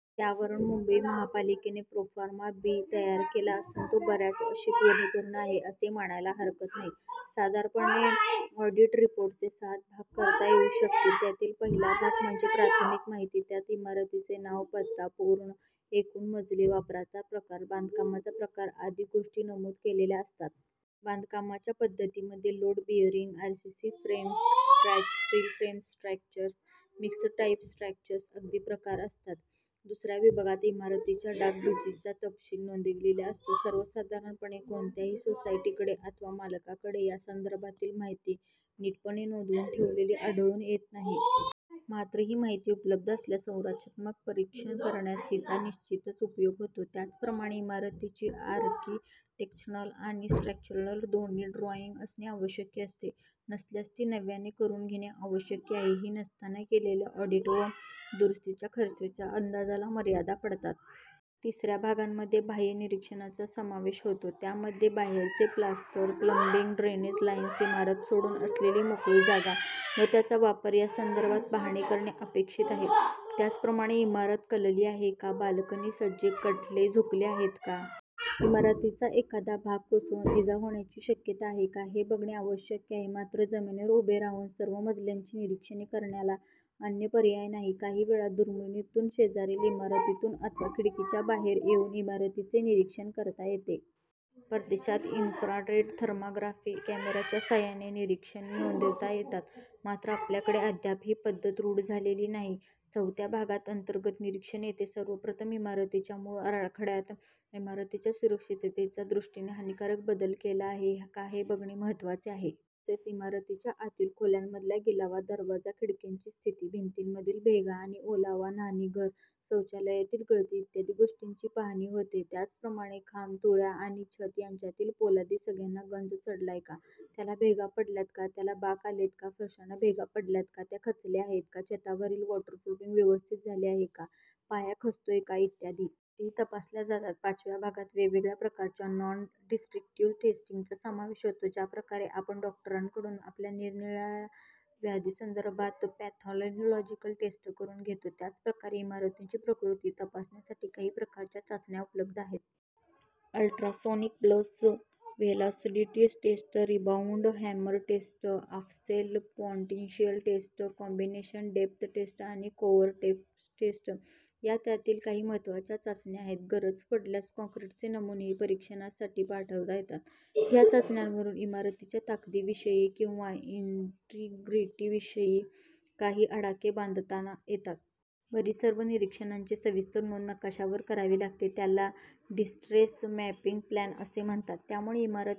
त्यावरून मुंबई महापालिकेने 'proforma B' तयार केला असून तो बऱ्याच अंशी परिपूर्ण आहे, असे मानायला हरकत नाही. साधारणपणे ऑडिट रिपोर्टचे 'सात' भाग करता येऊ शकतील. त्यातील पहिला भाग म्हणजे प्राथमिक माहिती- त्यात इमारतीचे नाव, पत्ता, एकूण मजले, वापराचा प्रकार, बांधकामाचा प्रकार आदी गोष्टी नमूद केलेल्या असतात. बांधकामाच्या पद्धतीमध्ये load bearing, RCC frame structure, steel frames structures, mix type structures आदी प्रकार असतात. दुसऱ्या विभागात इमारतीच्या डागडुजीचा तपशील नोंदविलेला असतो. सर्वसाधारणपणे कोणत्याही सोसायटीकडे अथवा मालकाकडे या संदर्भातील माहिती नीटपणे नोंदवून ठेवलेली आढळून येत नाही. मात्र ही माहिती उपलब्ध असल्यास संरचनात्मक परीक्षण करण्यास तिचा निश्चितच उपयोग होतो. त्याचप्रमाणे इमारतीची आर्किटेक्चरल आणि स्ट्रक्चरल दोन्ही ड्रॉइंग असणे आवश्यक असते. नसल्यास ती नव्याने करून घेणे आवश्यक आहे. ही नसताना केलेल्या ऑडिट व दुरुस्तीच्या खर्चाच्या अंदाजाला मर्यादा पडतात. तिसऱ्या भागामध्ये बाहय़ निरीक्षणाचा समावेश होतो. त्यामध्ये बाहेरचे प्लास्टर, प्लम्बिंग, ड्रेनेज लाइन्स, इमारत सोडून असलेली मोकळी जागा व त्याचा वापर या संदर्भात पाहणी करणे अपेक्षित आहे. त्याचप्रमाणे इमारत कलली आहे का? बाल्कनी, सज्जे, कठडे झुकले आहेत का? इमारतीचा एखादा भाग कोसळून इजा होण्याची शक्यता आहे का? हे बघणे आवश्यक आहे. मात्र जमिनीवर उभे राहून सर्व मजल्यांची निरीक्षणे करण्याला अन्य पर्याय नाही. काही वेळा दुर्बिणीतून, शेजारील इमारतीतून अथवा खिडकीच्या बाहेर येऊन इमारतीचे निरीक्षण करता येते. परदेशात 'इन्फ्रारेड थर्माग्राफी' कॅमेराच्या साहाय्याने निरीक्षणे नोंदविता येतात. मात्र आपल्याकडे अद्याप ही पद्धत रूढ झालेली नाही. चवथ्या भागात अंतर्गत निरीक्षण येते. सर्वप्रथम इमारतीच्या मूळ आराखडय़ात इमारतीच्या सुरक्षिततेच्या दृष्टीने हानीकारक बदल केला आहे. का हे बघणे महत्त्वाचे आहे. तसेच इमारतीच्या आतील खोल्यांमधला गिलावा, दरवाजा-खिडक्यांची स्थिती, भिंतींमधील भेगा आणि ओलावा, न्हाणीघर-शौचालयातील गळती इ. गोष्टींची पाहणी होते. त्याचप्रमाणे खांब, तुळया आणि छत यांच्यातील पोलादी सळ्यांना गंज चढलाय का, त्याला भेगा पडल्यात का, त्याला बाक आलेत का, फरश्यांना भेगा पडल्यात का, त्या खचल्या आहेत का, छतावरील वॉटरप्रूफिंग व्यवस्थित झाले आहे का, पाया खचतोय का इ. गोष्टीही तपासल्या जातात. पाचव्या भागात वेगवेगळ्या प्रकारच्या नॉन-डिस्ट्रक्टिव्ह टेस्टिंग चा समावेश होतो. ज्या प्रकारे आपण डॉक्टरांकडून आपल्या निरनिराळ्या व्याधींसंदर्भात पॅथॉलॉजिकल टेस्ट करून घेतो, त्याच प्रकारे इमारतींची प्रकृती तपासण्यासाठी काही प्रकारच्या चाचण्या उपलब्ध आहेत. Ultrasonic pulse velocity test, rebound hammer test, half cell potential test, combination depth test आणि कोअर टेस्ट या त्यातील काही महत्त्वाच्या चाचण्या आहेत. गरज पडल्यास काँक्रीटचे नमुनेही परीक्षणासाठी पाठविता येतात. या चाचण्यांवरून इमारतीच्या ताकदीविषयी किंवा इन्ट्रीग्रीटीविषयी काही आडाखे बांधताना येतात. वरील सर्व निरीक्षणांची सविस्तर नोंद नकाशावर करावी लागते. त्याला डिस्ट्रेस मॅपिंग प्लॅन असे म्हणतात. त्यामुळे इमारतीच्या--